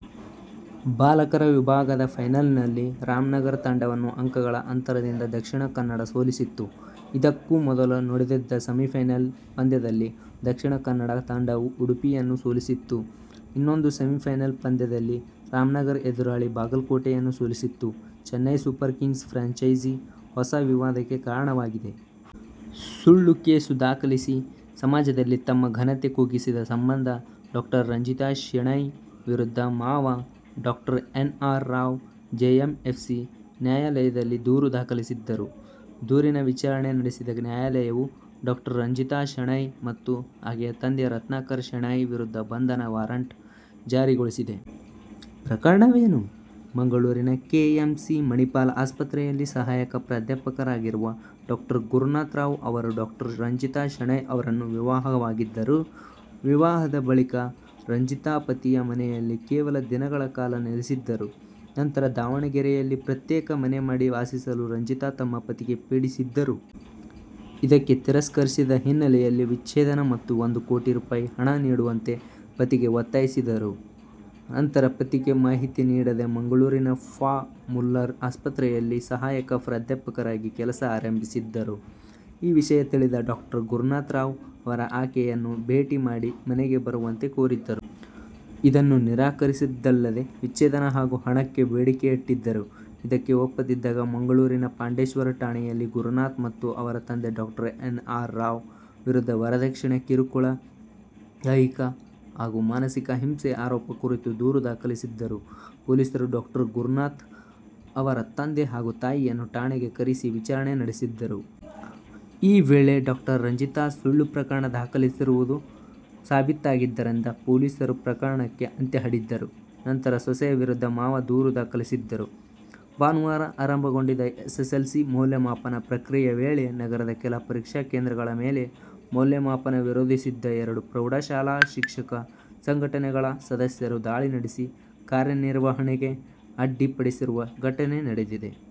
ಬಾಲಕರ ವಿಭಾಗದ ಫೈನಲ್ನಲ್ಲಿ ರಾಮನಗರ ತಂಡವನ್ನು ಅಂಕಗಳ ಅಂತರದಿಂದ ದಕ್ಷಿಣ ಕನ್ನಡ ಸೋಲಿಸಿತ್ತು. ಇದಕ್ಕೂ ಮೊದಲು ನಡೆದಿದ್ದ ಸೆಮಿಫೈನಲ್ ಪಂದ್ಯದಲ್ಲಿ ದಕ್ಷಿಣ ಕನ್ನಡ ತಂಡವು ಉಡುಪಿಯನ್ನು ಸೋಲಿಸಿತ್ತು. ಇನ್ನೊಂದು ಸೆಮಿಫೈನಲ್ ಪಂದ್ಯದಲ್ಲಿ ರಾಮನಗರ ಎದುರಾಳಿ ಬಾಗಲಕೋಟೆಯನ್ನು ಸೋಲಿಸಿತ್ತು. ಚೆನ್ನೈ ಸೂಪರ್ ಕಿಂಗ್ಸ್ ಫ್ರಾಂಚೈಸಿ ಹೊಸ ವಿವಾದಕ್ಕೆ ಕಾರಣವಾಗಿದೆ. ಸುಳ್ಳು ಕೇಸು ದಾಖಲಿಸಿ ಸಮಾಜದಲ್ಲಿ ತಮ್ಮ ಘನತೆ ಕುಗ್ಗಿಸಿದ ಸಂಬಂಧ ಡಾ. ರಂಜಿತಾ ಶೆಣೈ ವಿರುದ್ಧ ಮಾವ Dr. N. R. Rao JMFC ನ್ಯಾಯಾಲಯದಲ್ಲಿ ದೂರು ದಾಖಲಿಸಿದ್ದರು. ದೂರಿನ ವಿಚಾರಣೆ ನಡೆಸಿದ ನ್ಯಾಯಾಲಯವು ಡಾ. ರಂಜಿತಾ ಶೆಣೈ ಮತ್ತು ಆಕೆಯ ತಂದೆ ರತ್ನಾಕರ್ ಶೆಣೈ ವಿರುದ್ಧ ಬಂಧನ ವಾರಂಟ್ ಜಾರಿಗೊಳಿಸಿದೆ. ಪ್ರಕರಣವೇನು?: ಮಂಗಳೂರಿನ ಕೆ. ಎಂ. ಸಿ. ಮಣಿಪಾಲ್ ಆಸ್ಪತ್ರೆಯಲ್ಲಿ ಸಹಾಯಕ ಪ್ರಾಧ್ಯಾಪಕರಾಗಿರುವ ಡಾ. ಗುರುನಾಥ್ ರಾವ್ ಅವರು ಡಾ. ರಂಜಿತಾ ಶೆಣೈ ಅವರನ್ನು ವಿವಾಹವಾಗಿದ್ದರು. ವಿವಾಹದ ಬಳಿಕ ರಂಜಿತಾ, ಪತಿಯ ಮನೆಯಲ್ಲಿ ಕೇವಲ ದಿನಗಳ ಕಾಲ ನೆಲೆಸಿದ್ದರು. ನಂತರ ದಾವಣಗೆರೆಯಲ್ಲಿ ಪ್ರತ್ಯೇಕ ಮನೆ ಮಾಡಿ ವಾಸಿಸಲು ರಂಜಿತಾ ತಮ್ಮ ಪತಿಗೆ ಪೀಡಿಸಿದ್ದರು. ಇದಕ್ಕೆ ತಿರಸ್ಕರಿಸಿದ ಹಿನ್ನೆಲೆಯಲ್ಲಿ ವಿಚ್ಛೇದನ ಮತ್ತು ಒಂದು ಕೋಟಿ ರೂ. ಹಣ ನೀಡುವಂತೆ ಪತಿಗೆ ಒತ್ತಾಯಿಸಿದ್ದರು. ನಂತರ ಪತಿಗೆ ಮಾಹಿತಿ ನೀಡದೆ ಮಂಗಳೂರಿನ ಫಾ. ಮುಲ್ಲರ್ ಆಸ್ಪತ್ರೆಯಲ್ಲಿ ಸಹಾಯಕ ಪ್ರಾಧ್ಯಾಪಕರಾಗಿ ಕೆಲಸ ಆರಂಭಿಸಿದ್ದರು. ಈ ವಿಷಯ ತಿಳಿದ ಡಾ. ಗುರುನಾಥ್ ರಾವ್ ಅವರು ಆಕೆಯನ್ನು ಭೇಟಿ ಮಾಡಿ ಮನೆಗೆ ಬರುವಂತೆ ಕೋರಿದ್ದರು. ಇದನ್ನು ನಿರಾಕರಿಸಿದ್ದಲ್ಲದೆ ವಿಚ್ಛೇದನ ಹಾಗೂ ಹಣಕ್ಕೆ ಬೇಡಿಕೆಯಿಟ್ಟಿದ್ದರು. ಇದಕ್ಕೆ ಒಪ್ಪದಿದ್ದಾಗ ಮಂಗಳೂರಿನ ಪಾಂಡೇಶ್ವರ ಠಾಣೆಯಲ್ಲಿ ಗುರುನಾಥ್ ಮತ್ತು ಅವರ ತಂದೆ ಡಾ. ಎನ್. ಆರ್. ರಾವ್ ವಿರುದ್ಧ ವರದಕ್ಷಿಣೆ ಕಿರುಕುಳ, ದೈಹಿಕ ಹಾಗೂ ಮಾನಸಿಕ ಹಿಂಸೆ ಆರೋಪ ಕುರಿತು ದೂರು ದಾಖಲಿಸಿದ್ದರು. ಪೊಲೀಸರು ಡಾ. ಗುರುನಾಥ್, ಅವರ ತಂದೆ ಹಾಗೂ ತಾಯಿಯನ್ನು ಠಾಣೆಗೆ ಕರೆಸಿ ವಿಚಾರಣೆ ನಡೆಸಿದ್ದರು. ಈ ವೇಳೆ ಡಾ. ರಂಜಿತಾ ಸುಳ್ಳು ಪ್ರಕರಣ ದಾಖಲಿಸಿರುವುದು ಸಾಬೀತಾಗಿದ್ದರಿಂದ ಪೊಲೀಸರು ಪ್ರಕರಣಕ್ಕೆ ಅಂತ್ಯ ಹಾಡಿದ್ದರು. ನಂತರ ಸೊಸೆಯ ವಿರುದ್ಧ ಮಾವ ದೂರು ದಾಖಲಿಸಿದ್ದರು. ಭಾನುವಾರ ಆರಂಭಗೊಂಡ ಎಸ್ಸೆಸ್ಸೆಲ್ಸಿ ಮೌಲ್ಯಮಾಪನ ಪ್ರಕ್ರಿಯೆ ವೇಳೆ ನಗರದ ಕೆಲ ಪರೀಕ್ಷಾ ಕೇಂದ್ರಗಳ ಮೇಲೆ ಮೌಲ್ಯಮಾಪನ ವಿರೋಧಿಸಿದ್ದ ಎರಡು ಪ್ರೌಢಶಾಲಾ ಶಿಕ್ಷಕ ಸಂಘಟನೆಗಳ ಸದಸ್ಯರು ದಾಳಿ ನಡೆಸಿ ಕಾರ್ಯನಿರ್ವಹಣೆಗೆ ಅಡ್ಡಿ ಪಡಿಸಿರುವ ಘಟನೆ ನಡೆದಿದೆ.